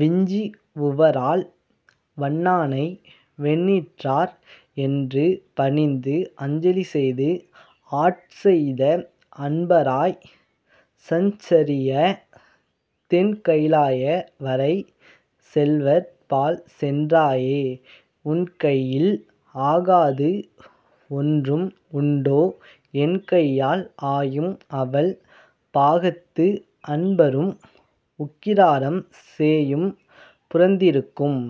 விஞ்சு உவரால் வண்ணானை வெண்ணீற்றர் என்றுபணிந்து அஞ்சலி செய்து ஆட்செய்த அன்பராய்ச் சஞ்சரியாத் தென்கையிலாய வரைச் செல்வர்பால் சென்றாயே உன்கையில் ஆகாதது ஒன்று உண்டோ என்கையால் ஆயும் அவள் பாகத்து அன்பரும் உக்கிரராம் சேயும் புரந்திருக்கும்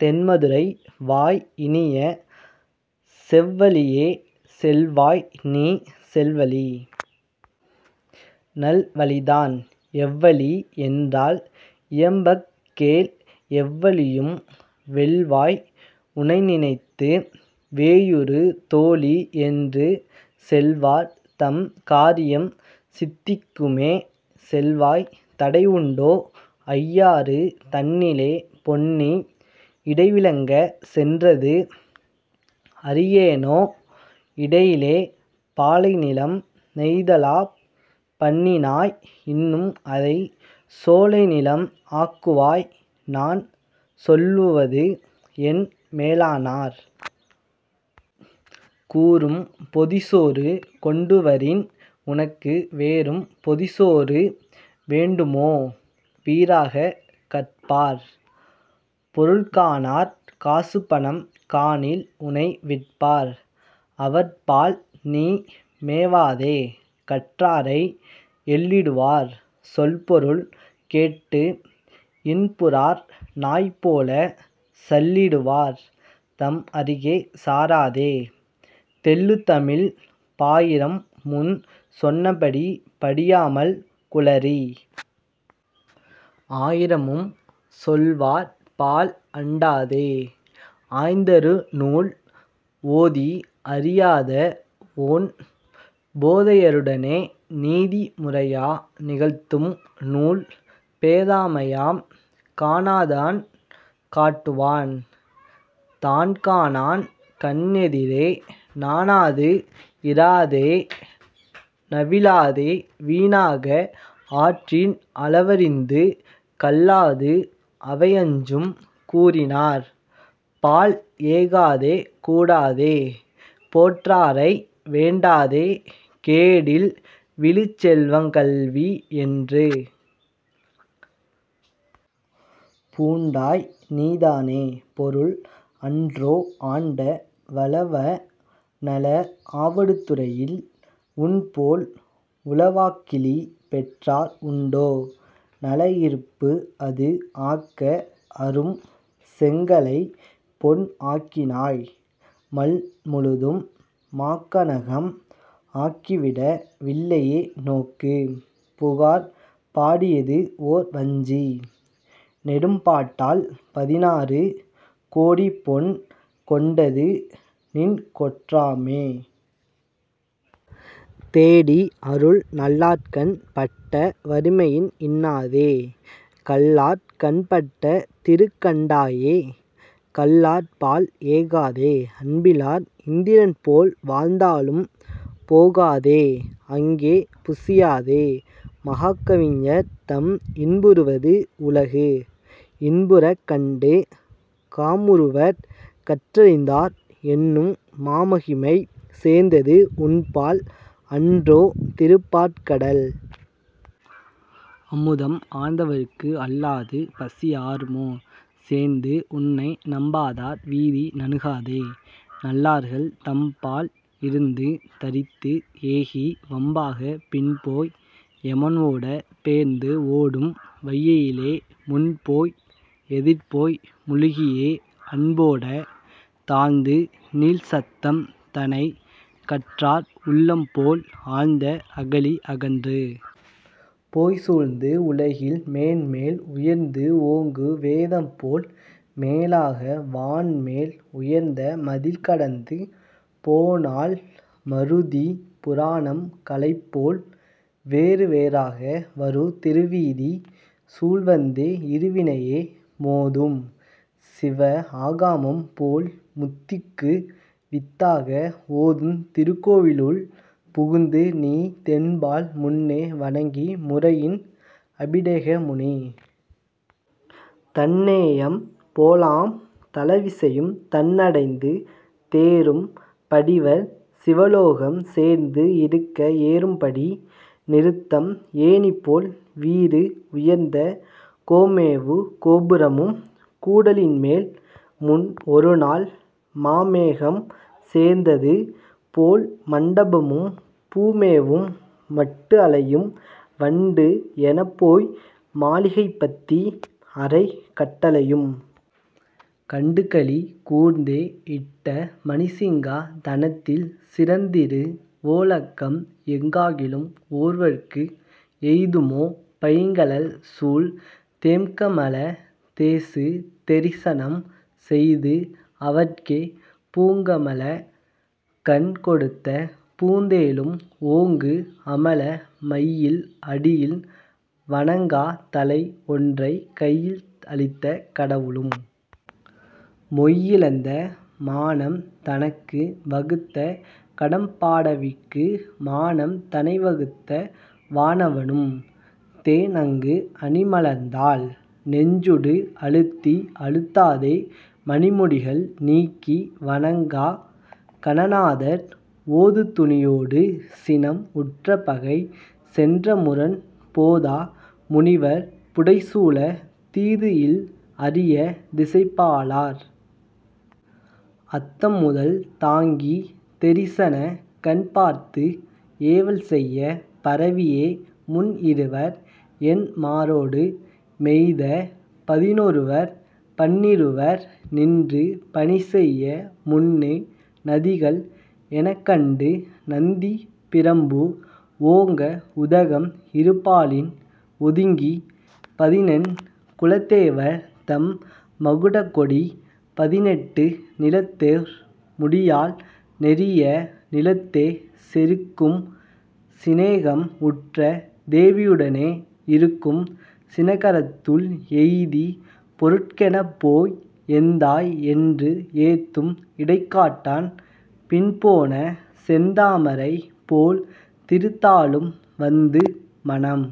தென்மதுரை வாய் இனிய செவ்வழியே செல்வாய் நீ செல்வழி நல்வழிதான் எவ்வழி என்றால் இயம்பக் கேள் எவ்வழியும் வெல்வாய் உனைநினைந்து வேயுறு தோளி என்று செல்வார் தம் காரியம் சித்திக்குமே செல்வாய் தடைஉண்டோ ஐயாறு தன்னிலே பொன்னி இடைவிலங்கச் சென்றது அறியேனோ இடையிலே பாலைநிலம் நெய்தலாப் பண்ணினாய் இன்னும்அதைச் சோலைநிலம் ஆக்குவை நான் சொல்லுவதுஎன் மேலானார் கூறும் பொதிசோறு கொண்டுவரின் உனக்கு வேறும் பொதிசோறு வேண்டுமோ வீறாகக் கற்பார் பொருள்காணார் காசுபணம் காணில் உனை விற்பார் அவர்பால் நீ மேவாதே கற்றாரை எள்ளிடுவார் சொல்பொருள் கேட்டு இன்புறார் நாய் போலச் சள்ளிடுவார் தம் அருகே சாராதே தெள்ளுதமிழ்ப் பாயிரம்முன் சொன்னபடி படியாமல் குழறி ஆயிரமும் சொல்வார்பால் அண்டாதே ஆய்தருநூல் ஓதிஅறியாத ஒண் பேதையருடனே நீதி முறையா நிகழ்த்தும் நூல் பேதமையாம் காணாதான் காட்டுவான் தான்காணான் கண்எதிரே நாணாது இராதே நவிலாதே வீணாக ஆற்றின் அளவறிந்து கல்லாது அவைஅஞ்சும் கூற்றினர் பால் ஏகாதே கூடாதே போற்றாரை வேண்டாதே கேடில் விழுச்செல்வங் கல்விஎன்று பூண்டாய் நீதானே பொருள் அன்றோ ஆண்ட வலவா நல ஆவடுதுறையில் உன்போல் உலவாக்கிழி பெற்றார் உண்டோ நல இருப்புஅது ஆக்க அரும் செங்கலைப் பொன் ஆக்கினாய் மண் முழுதும் மாக்கனகம் ஆக்கிவிட வல்லையே நோக்கு புகார் பாடியதுஓர் வஞ்சி நெடும்பாட்டால் பதினாறு கோடிபொன் கொண்டது நின்கொற்றமே தேடி அருள் நல்லார்கண் பட்ட வறுமையின் இன்னாதே கல்லார் கண் பட்ட திருக் கண்டாயே கல்லார்பால் ஏகாதே அன்பிலார் இந்திரன்போல் வாழ்ந்தாலும் போகாதே அங்கே புசியாதே மாகவிஞர் தாம் இன்புறுவது உலகு இன்புறக் கண்டு காமுறுவர் கற்றரிந்தார் என்னும் மாமகிமை சேர்ந்தது உன்பால் அன்றோ திருப்பாற்கடல் அமுதம் ஆர்ந்தவர்க்கு அல்லாது பசி ஆறுமோ சேர்ந்து உன்னை நம்பாதார் வீதி நணுகாதே நல்லார்கள் தம்பால் இருந்து தரித்து ஏகி வம்பாகப் பின்போய் யமன்ஓடப் பேர்ந்துஓடும் வையையிலே முன்போய் எதிர்போய் முழுகியே அன்போட தாழ்ந்து நீள் சத்தம் தனைக் கற்றார் உள்ளம்போல் ஆழ்ந்த அகழி அகன்று போய்ச் சூழ்ந்து உலகில் மேன்மேல் உயர்ந்துஓங்கு வேதம்போல் மேலாக வான்மேல் உயர்ந்த மதில் கடந்து போனால் மிருதி புராணம் கலைபோல் வேறுவேறாக வரு திருவீதி சூழ்வந்தே இருவினையை மோதும் சிவஆகமம்போல் முத்திக்கு வித்தாக ஓதுந் திருக்கோயிலுள் புகுந்து நீ தென்பால் முன்னே வணங்கி முறையின் அபிடேகமுனி தன் நேயம் போலாம் தளவிசையும் தன் அடைந்து தேறும் படிவர் சிவலோகம் சேர்ந்து இருக்க ஏறும் படி நிறுத்தும் ஏணிபோல் வீறு உயர்ந்த கோமேவு கோபுரமும் கூடலின்மேல் முன் ஒருநால் மாமேகம் சேர்ந்தது போல் மண்டபமும் பூமேவும் மட்டு அளையும் வண்டுஎனப்போய் மாளிகைப்பத்தி அறைக் கட்டளையும் கண்டு களி கூர்ந்தே இட்ட மணிச் சிங்கா தனத்தில் சிறந்ததிரு வோலக்கம் எங்காகிலும் ஒருவர்க்கு எய்துமோ பைங்கழல் சூழ் தேம்கமலத் தேசு தெரிசனம் செய்து அவர்க்கே பூங்கமலக் கண் கொடுத்த புத்தேளும் -ஓங்கு அமல மையில் அடியில் வணங்காத் தலை ஒன்றைக் கையில் அளித்த கடவுளும் மொய் இழந்த மானம் தனக்கு வகுத்த கடம்பாடவிக்கு மானம் தனை வகுத்த வானவனும்- தேன் அங்கு அணி மலர்த்தாள் நெஞ்சூடு அழுத்தி அழுத்தாதே மணிமுடிகள் நீக்கி வணங்கக் கணநாதர் ஓதுதுனியோடு சினம் உற்ற பகை செற்ற முரண் போத முனிவர் புடைசூழத் தீதுஇல் அரிய திசைப்பாலர் அத்தம் முதல் தாங்கி தெரிசனக் கண் பார்த்து ஏவல் செய்யப் பரவியே முன்இருவர் எண்மரொடு மொய்த்த பதினொருவர் பன்னிருவர் நின்று பணிசெய்ய முன்னே நதிகள் எனக்கண்டு நந்தி பிரம்பு ஓங்க உதகம் இருபாலின் ஒதுங்கிப் பதினெண் குலத்தேவர் தம் மகுடகோடி பதினெட்டு நிலத்தோர் முடியால் நெரிய நிலத்தே செருக்கும் சிநேகம் உற்ற தேவியுடனே இருக்கும் சினகரத்துள் எய்திப் பொருக்கெனப்போய் எந்தாய் என்று ஏத்தும் இடைக்காடன் பின்போன செந்தாமரை போல் திருத்தாளும் வந்து மனம்।